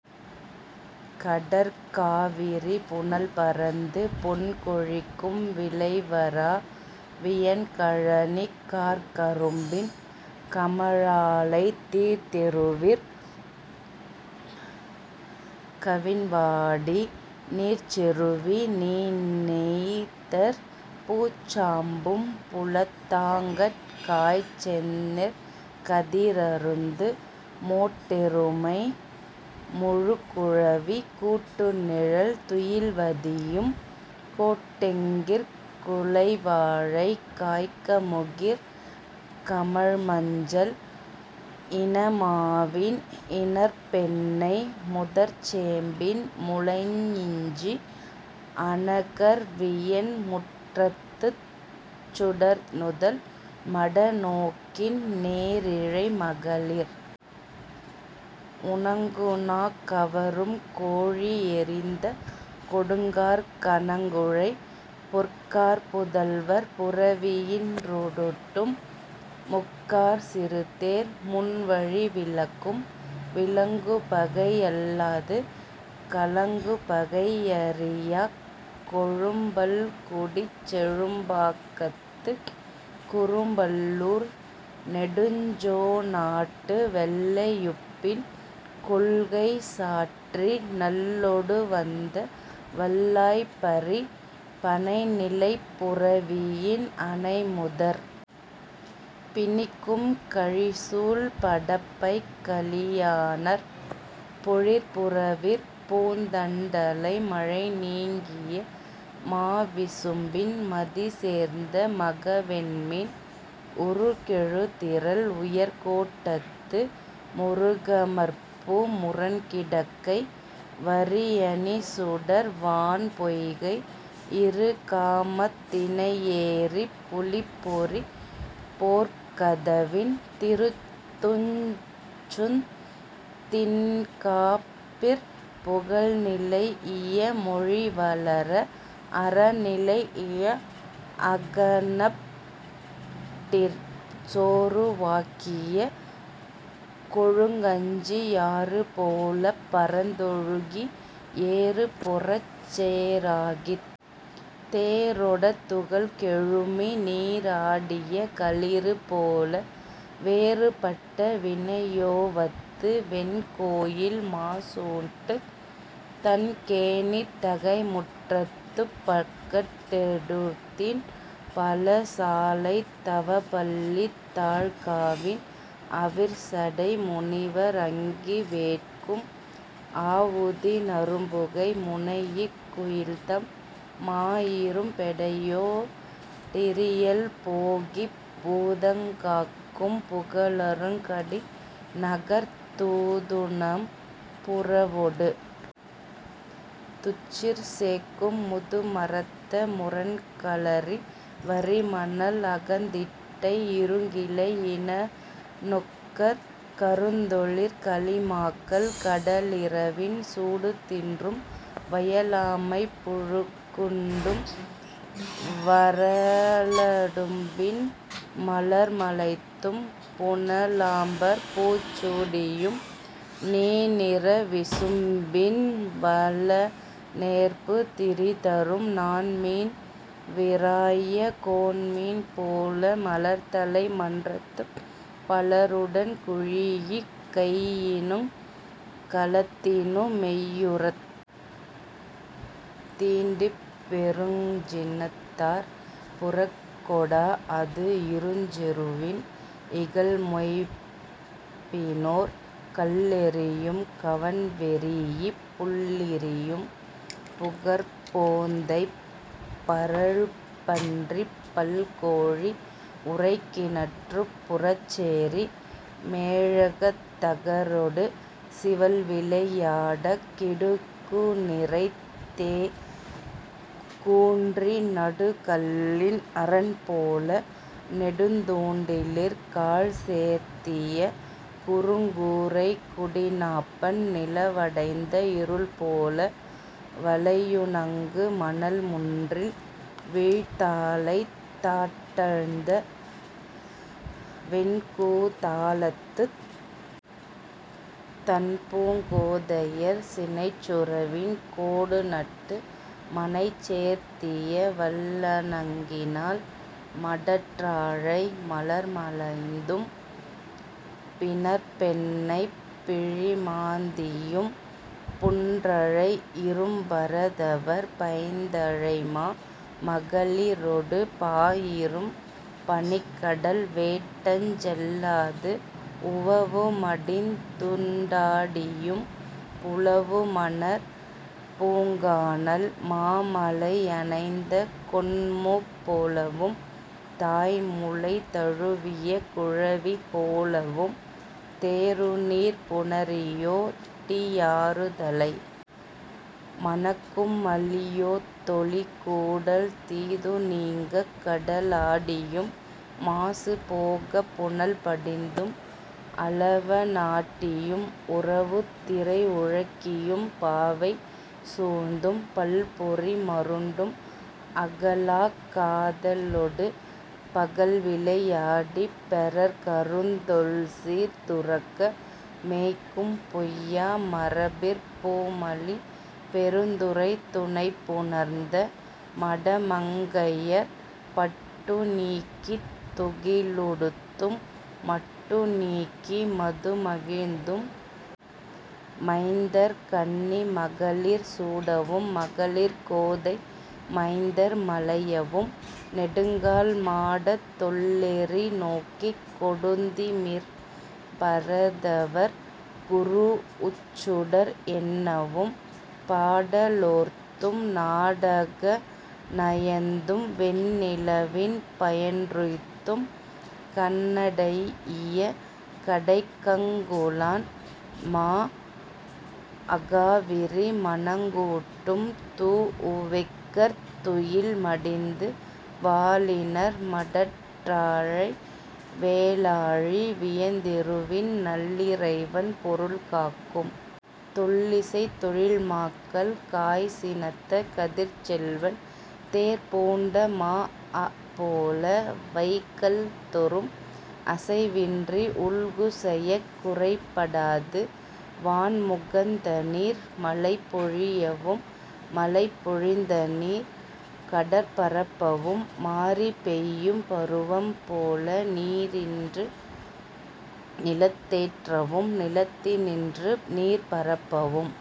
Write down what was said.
கடற்காவிரி புனல்பரந்து பொன்கொழிக்கும் விளைவறா வியன்கழனிக் கார்க்கரும்பின் கமழாலைத் தீத்தெறுவிற் கவின்வாடி நீர்ச்செறுவி னீணெய்தற் பூச்சாம்பும் புலத்தாங்கட் காய்ச்செந்நெற் கதிரருந்து மோட்டெருமை முழுக்குழவி கூட்டுநிழல் துயில்வதியும் கோட்டெங்கிற் குலைவாழைக் காய்க்கமுகிற் கமழ்மஞ்சள் இனமாவின் இணர்ப்பெண்ணை முதற்சேம்பின் முளையிஞ்சி another வியன்முற்றத்துச் சுடர்நுதல் மடநோக்கின் நேரிழை மகளிர் உணங்குணாக் கவரும் கோழி யெறிந்த கொடுங்காற் கனங்குழை பொற்காற் புதல்வர் புரவியின் றுருட்டும் முக்காற் சிறுதேர் முன்வழி விலக்கும் விலங்குபகை யல்லது கலங்குபகை யறியாக் கொழும்பல்குடிச் செழும்பாக்கத்துக் குறும்பல்லூர் நெடுஞ்சோணாட்டு வெள்ளை யுப்பின் கொள்ளை சாற்றி நெல்லொடு வந்த வல்லாய்ப் ப·றி பணைநிலைப் புரவியின் அணைமுதற் பிணிக்கும் கழிசூழ் படப்பைக் கலியாணர்ப் பொழிற் புறவிற் பூந்தண்டலை மழைநீங்கிய மாவிசும்பின் மதிசேர்ந்த மகவெண்மீன் உருகெழுதிறல் உயர்கோட்டத்து முருகமர்பூ முரண்கிடக்கை வரியணிசுடர் வான்பொய்கை இருகாமத் திணையேரிப் புலிப்பொறிப் போர்க்கதவின் திருத்துஞ்சுந் திண்காப்பிற் புகழ்நிலைஇய மொழிவளர அறநிலைஇய அகனட்டிற் சோறுவாக்கிய கொழுங்கஞ்சி யாறுபோலப் பரந்தொழுகி ஏறுபொரச் சேறாகித் தேரொடத் துகள் கெழுமி நீறாடிய களிறுபோல வேறுபட்ட வினையோவத்து வெண்கோயில் மாசூட்டுந் தண்கேணித் தகைமுற்றத்துப் பகட்டெருத்தின் பலசாலைத் தவப்பள்ளித் தாழ்காவின் அவிர்சடை முனிவர் அங்கி வேட்கும் ஆவுதி நறும்புகை முனைஇக் குயில்தம் மாயிரும் பெடையோ டிரியல் போகிப் பூதங் காக்கும் புகலருங் கடிநகர்த் தூதுணம் புறவொடு துச்சிற் சேக்கும் முதுமரத்த முரண்களரி வரிமணல் அகந்திட்டை இருங்கிளை யினனொக்கற் கருந்தொழிற் கலிமாக்கள் கடலிறவின் சூடுதின்றும் வயலாமைப் புழுக்குண்டும் வறளடும்பின் மலர்மலைந்தும் புனலாம்பற் பூச்சூடியும் நீனிற விசும்பின் வலனேர்பு திரிதரும் நாண்மீன் விராய கோண்மீன் போல மலர்தலை மன்றத்துப் பலருடன் குழீஇக் கையினுங் கலத்தினு மெய்யுறத் தீண்டிப் பெருங்சினத்தாற் புறக்கொடாஅது இருஞ்செருவின் இகல்மொய்ம்பினோர் கல்லெறியும் கவண்வெரீஇப் புள்ளிரியும் புகர்ப்போந்தைப் பறழ்ப்பன்றிப் பல்கோழி உறைக்கிணற்றுப் புறச்சேரி மேழகத் தகரொடு சிவல்விளை யாடக் கிடுகுநிரைத் தெ·கூன்றி நடுகல்லின் அரண்போல நெடுந்தூண்டிலிற் காழ்சேர்த்திய குறுங்கூரைக் குடிநாப்பண் நிலவடைந்த இருள்போல வலையுணங்கு மணல்முன்றில் வீழ்த்தாழைத் தாட்டழ்ந்த வெண்கூ தாளத்துத் தண்பூங் கோதையர் சினைச்சுறவின் கோடுநட்டு மனைச்சேர்த்திய வல்லணங்கினால் மடற்றாழை மலர்மலைந்தும் பிணர்ப்பெண்ணைப் பிழிமாந்தியும் புன்றலை இரும்பரதவர் பைந்தழைமா மகளிரொடு பாயிரும் பனிக்கடல் வேட்டஞ் செல்லாது உவவுமடிந் துண்டாடியும் புலவுமணற் பூங்கானல் மாமலை யணைந்த கொண்மூப் போலவும் தாய்முலை தழுவிய குழவி போலவும் தேறுநீர்ப் புணரியோ டியாறுதலை மணக்கும் மலியோத் தொலிகூடல் தீதுநீங்கக் கடலாடியும் மாசுபோகப் புனல்படிந்தும் அலவ னாட்டியும் உரவுத்திரை உழக்கியும் பாவை சூழ்ந்தும் பல்பொறி மருண்டும் அகலாக் காதலொடு பகல்விளை யாடிப் பெறற்கருந் தொல்சீர்த் துறக்க மேய்க்கும் பொய்யா மரபிற் பூமலி பெருந்துறைத் துணைப்புணர்ந்த மடமங்கையர் பட்டுநீக்கித் துகிலுடுத்தும் மட்டுநீக்கி மதுமகிழ்ந்தும் மைந்தர்கண்ணி மகளிர் சூடவும் மகளிர்கோதை மைந்தர் மலையவும் நெடுங்கால் மாடத் தொள்ளெரி நோக்கிக் கொடுந்திமிற் பரதவர் குரூஉச்சுடர் எண்ணவும் பாட லோர்த்தும் நாடக நயந்தும் வெண்ணிலவின் பயன்றுய்த்தும் கண்ணடைஇய கடைக்கங்குலான் மாஅகாவிரி மணங்கூட்டும் தூஉவெக்கர்த் துயில் மடிந்து வாலிணர் மடற்றாழை வேலாழி வியந்தெருவின் நல்லிறைவன் பொருள்காக்கும் தொல்லிசைத் தொழில்மாக்கள் காய்சினத்த கதிர்ச்செல்வன் தேர்பூண்ட மாஅபோல வைகல்தொறும் அசைவின்றி உல்குசெயக் குறைபடாது வான்முகந்தநீர் மலைப்பொழியவும் மலைப்பொழிந்தநீர் கடற்பரப்பவும் மாரிபெய்யும் பருவம்போல நீரினின்று நிலத்தேற்றவும் நிலத்தின்று நீர்ப்பரப்பவும்